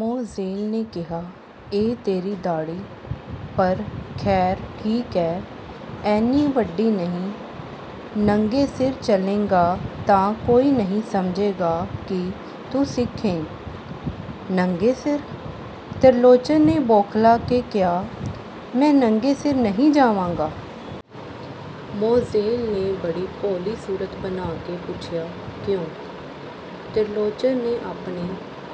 ਮੋਜ਼ੇਲ ਨੇ ਕਿਹਾ, ਇਹ ਤੇਰੀ ਦਾੜ੍ਹੀ। ਪਰ, ਖੈਰ ਠੀਕ ਐ। ਐਨੀ ਵੱਡੀ ਨਹੀਂ, ਨੰਗੇ ਸਿਰ ਚੱਲੇਂਗਾ ਤਾਂ ਕੋਈ ਨਹੀਂ ਸਮਝੇਗਾ ਕਿ ਤੂੰ ਸਿੱਖ ਏਂ। " "ਨੰਗੇ ਸਿਰ? " ਤਿਰਲੋਚਨ ਨੇ ਬੌਖਲਾ ਕੇ ਕਿਹਾ, "ਮੈਂ ਨੰਗੇ ਸਿਰ ਨਹੀਂ ਜਾਵਾਂਗਾ। " ਮੋਜ਼ੇਲ ਨੇ ਬੜੀ ਭੋਲੀ ਸੂਰਤ ਬਣਾ ਕੇ ਪੁੱਛਿਆ, "ਕਿਓਂ? " ਤਿਰਲੋਚਨ ਨੇ ਆਪਣੇ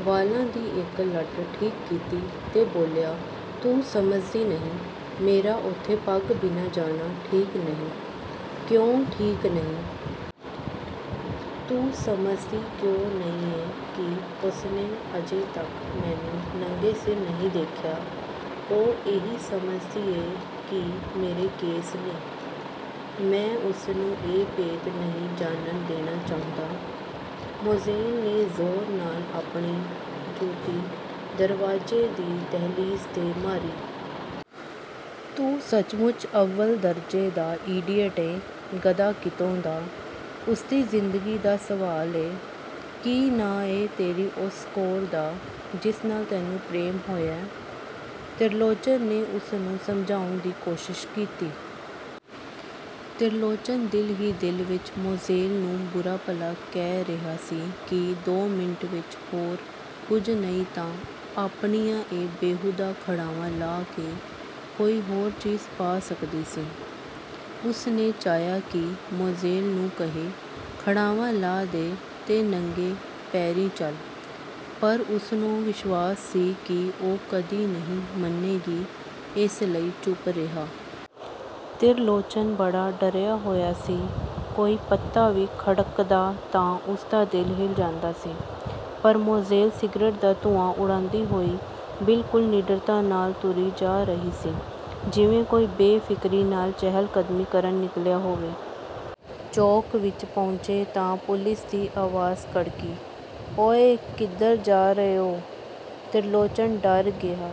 ਵਾਲਾਂ ਦੀ ਇਕ ਲਟ ਠੀਕ ਕੀਤੀ ਤੇ ਬੋਲਿਆ, "ਤੂੰ ਸਮਝਦੀ ਨਹੀਂ, ਮੇਰਾ ਉੱਥੇ ਪੱਗ ਬਿਨਾਂ ਜਾਣਾ ਠੀਕ ਨਹੀਂ। " "ਕਿਓਂ ਠੀਕ ਨਹੀਂ? " "ਤੂੰ ਸਮਝਦੀ ਕਿਓਂ ਨਹੀਂ ਏਂ ਕਿ ਉਸਨੇ ਅਜੇ ਤਕ ਮੈਨੂੰ ਨੰਗੇ ਸਿਰ ਨਹੀਂ ਦੇਖਿਆ। ਉਹ ਇਹੀ ਸਮਝਦੀ ਏ ਕਿ ਮੇਰੇ ਕੇਸ ਨੇ। ਮੈਂ ਉਸਨੂੰ ਇਹ ਭੇਦ ਨਹੀਂ ਜਾਣਨ ਦੇਣਾ ਚਾਹੁੰਦਾ। " ਮੋਜ਼ੇਲ ਨੇ ਜ਼ੋਰ ਨਾਲ ਆਪਣੀ ਜੁਤੀ ਦਰਵਾਜ਼ੇ ਦੀ ਦਹਿਲੀਜ਼ 'ਤੇ ਮਾਰੀ। "ਤੂੰ ਸੱਚਮੁੱਚ ਅਵੱਲ ਦਰਜੇ ਦਾ ਈਡੀਅਟ ਏਂ, ਗਧਾ ਕਿਤੋਂ ਦਾ! ਉਸਦੀ ਜ਼ਿੰਦਗੀ ਦਾ ਸਵਾਲ ਏ, ਕੀ ਨਾਂ ਏਂ ਤੇਰੀ ਉਸ ਕੌਰ ਦਾ, ਜਿਸ ਨਾਲ ਤੈਨੂੰ ਪ੍ਰੇਮ ਹੋਇਐ? " ਤਿਰਲੋਚਨ ਨੇ ਉਸਨੂੰ ਸਮਝਾਉਣ ਦੀ ਕੋਸ਼ਿਸ਼ ਕੀਤੀ। ਤਿਰਲੋਚਨ ਦਿਲ ਹੀ ਦਿਲ ਵਿਚ ਮੋਜ਼ੇਲ ਨੂੰ ਬੁਰਾ-ਭਲਾ ਕਹਿ ਰਿਹਾ ਸੀ ਕਿ ਦੋ ਮਿੰਟ ਵਿਚ ਹੋਰ ਕੁਝ ਨਹੀਂ ਤਾਂ ਆਪਣੀਆਂ ਇਹ ਬੇਹੂਦਾ ਖੜਾਵਾਂ ਲਾਹ ਕੇ ਕੋਈ ਹੋਰ ਚੀਜ਼ ਪਾ ਸਕਦੀ ਸੀ। ਉਸਨੇ ਚਾਹਿਆ ਕਿ ਮੋਜ਼ੇਲ ਨੂੰ ਕਹੇ, ਖੜਾਵਾਂ ਲਾਹ ਦੇ ਤੇ ਨੰਗੇ ਪੈਰੀਂ ਚੱਲ, ਪਰ ਉਸਨੂੰ ਵਿਸ਼ਵਾਸ ਸੀ ਕਿ ਉਹ ਕਦੀ ਨਹੀਂ ਮੰਨੇਗੀ, ਇਸ ਲਈ ਚੁੱਪ ਰਿਹਾ। ਤਿਰਲੋਚਨ ਬੜਾ ਡਰਿਆ ਹੋਇਆ ਸੀ, ਕੋਈ ਪੱਤਾ ਵੀ ਖੜਕਦਾ ਤਾਂ ਉਸਦਾ ਦਿਲ ਹਿੱਲ ਜਾਂਦਾ ਸੀ, ਪਰ ਮੋਜ਼ੇਲ ਸਿਗਰਟ ਦਾ ਧੂੰਆਂ ਉਡਾਉਂਦੀ ਹੋਈ ਬਿਲਕੁਲ ਨਿਡਰਤਾ ਨਾਲ ਤੁਰੀ ਜਾ ਰਹੀ ਸੀ, ਜਿਵੇਂ ਕੋਈ ਬੇਫ਼ਿਕਰੀ ਨਾਲ ਚਹਿਲ-ਕਦਮੀ ਕਰਨ ਨਿਕਲਿਆ ਹੋਵੇ। ਚੌਕ ਵਿਚ ਪਹੁੰਚੇ ਤਾਂ ਪੁਲਿਸ ਦੀ ਆਵਾਜ਼ ਕੜਕੀ, "ਓਇ, ਕਿੱਧਰ ਜਾ ਰਹੇ ਓਂ? " ਤਿਰਲੋਚਨ ਡਰ ਗਿਆ।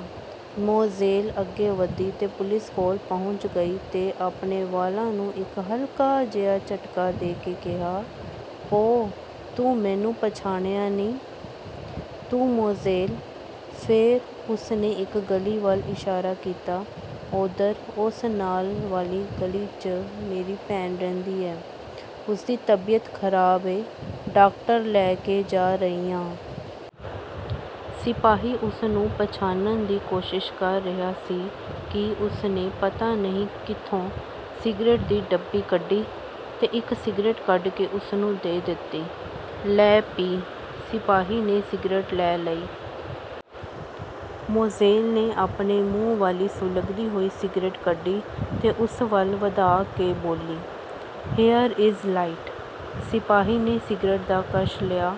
ਮੋਜ਼ੇਲ ਅੱਗੇ ਵਧੀ ਤੇ ਪੁਲਿਸ ਕੋਲ ਪਹੁੰਚ ਗਈ ਤੇ ਆਪਣੇ ਵਾਲਾਂ ਨੂੰ ਇਕ ਹਲਕਾ-ਜਿਹਾ ਝਟਕਾ ਦੇ ਕੇ ਕਿਹਾ, "ਓ-ਤੂੰ ਮੈਨੂੰ ਪਛਾਣਿਆਂ ਨਹੀਂ ਤੂੰ ਮੋਜ਼ੇਲ " ਫੇਰ ਉਸਨੇ ਇਕ ਗਲੀ ਵੱਲ ਇਸ਼ਾਰਾ ਕੀਤਾ, "ਓਧਰ, ਉਸ ਨਾਲ ਵਾਲੀ ਗਲੀ 'ਚ ਮੇਰੀ ਭੈਣ ਰਹਿੰਦੀ ਐ, ਉਸਦੀ ਤਬੀਅਤ ਖਰਾਬ ਏ, ਡਾਕਟਰ ਲੈ ਕੇ ਜਾ ਰਹੀ ਆਂ। " ਸਿਪਾਹੀ ਉਸਨੂੰ ਪਛਾਣਨ ਦੀ ਕੋਸ਼ਿਸ਼ ਕਰ ਰਿਹਾ ਸੀ ਕਿ ਉਸਨੇ ਪਤਾ ਨਹੀਂ ਕਿੱਥੋਂ ਸਿਗਰਟ ਦੀ ਡੱਬੀ ਕੱਢੀ ਤੇ ਇਕ ਸਿਗਰਟ ਕੱਢ ਕੇ ਉਸਨੂੰ ਦੇ ਦਿੱਤੀ। "ਲੈ, ਪੀ! " ਸਿਪਾਹੀ ਨੇ ਸਿਗਰਟ ਲੈ ਲਈ। ਮੋਜ਼ੇਲ ਨੇ ਆਪਣੇ ਮੂੰਹ ਵਾਲੀ ਸੁਲਗਦੀ ਹੋਈ ਸਿਗਰਟ ਕੱਢੀ ਤੇ ਉਸ ਵੱਲ ਵਧਾ ਕੇ ਬੋਲੀ, "ਹੀਯਰ ਇਜ਼ ਲਾਈਟ। " ਸਿਪਾਹੀ ਨੇ ਸਿਗਰਟ ਦਾ ਕਸ਼ ਲਿਆ,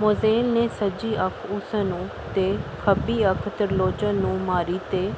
ਮੋਜ਼ੇਲ ਨੇ ਸੱਜੀ ਅੱਖ ਉਸਨੂੰ ਤੇ ਖੱਬੀ ਅੱਖ ਤਿਰਲੋਚਨ ਨੂੰ ਮਾਰੀ ਤੇ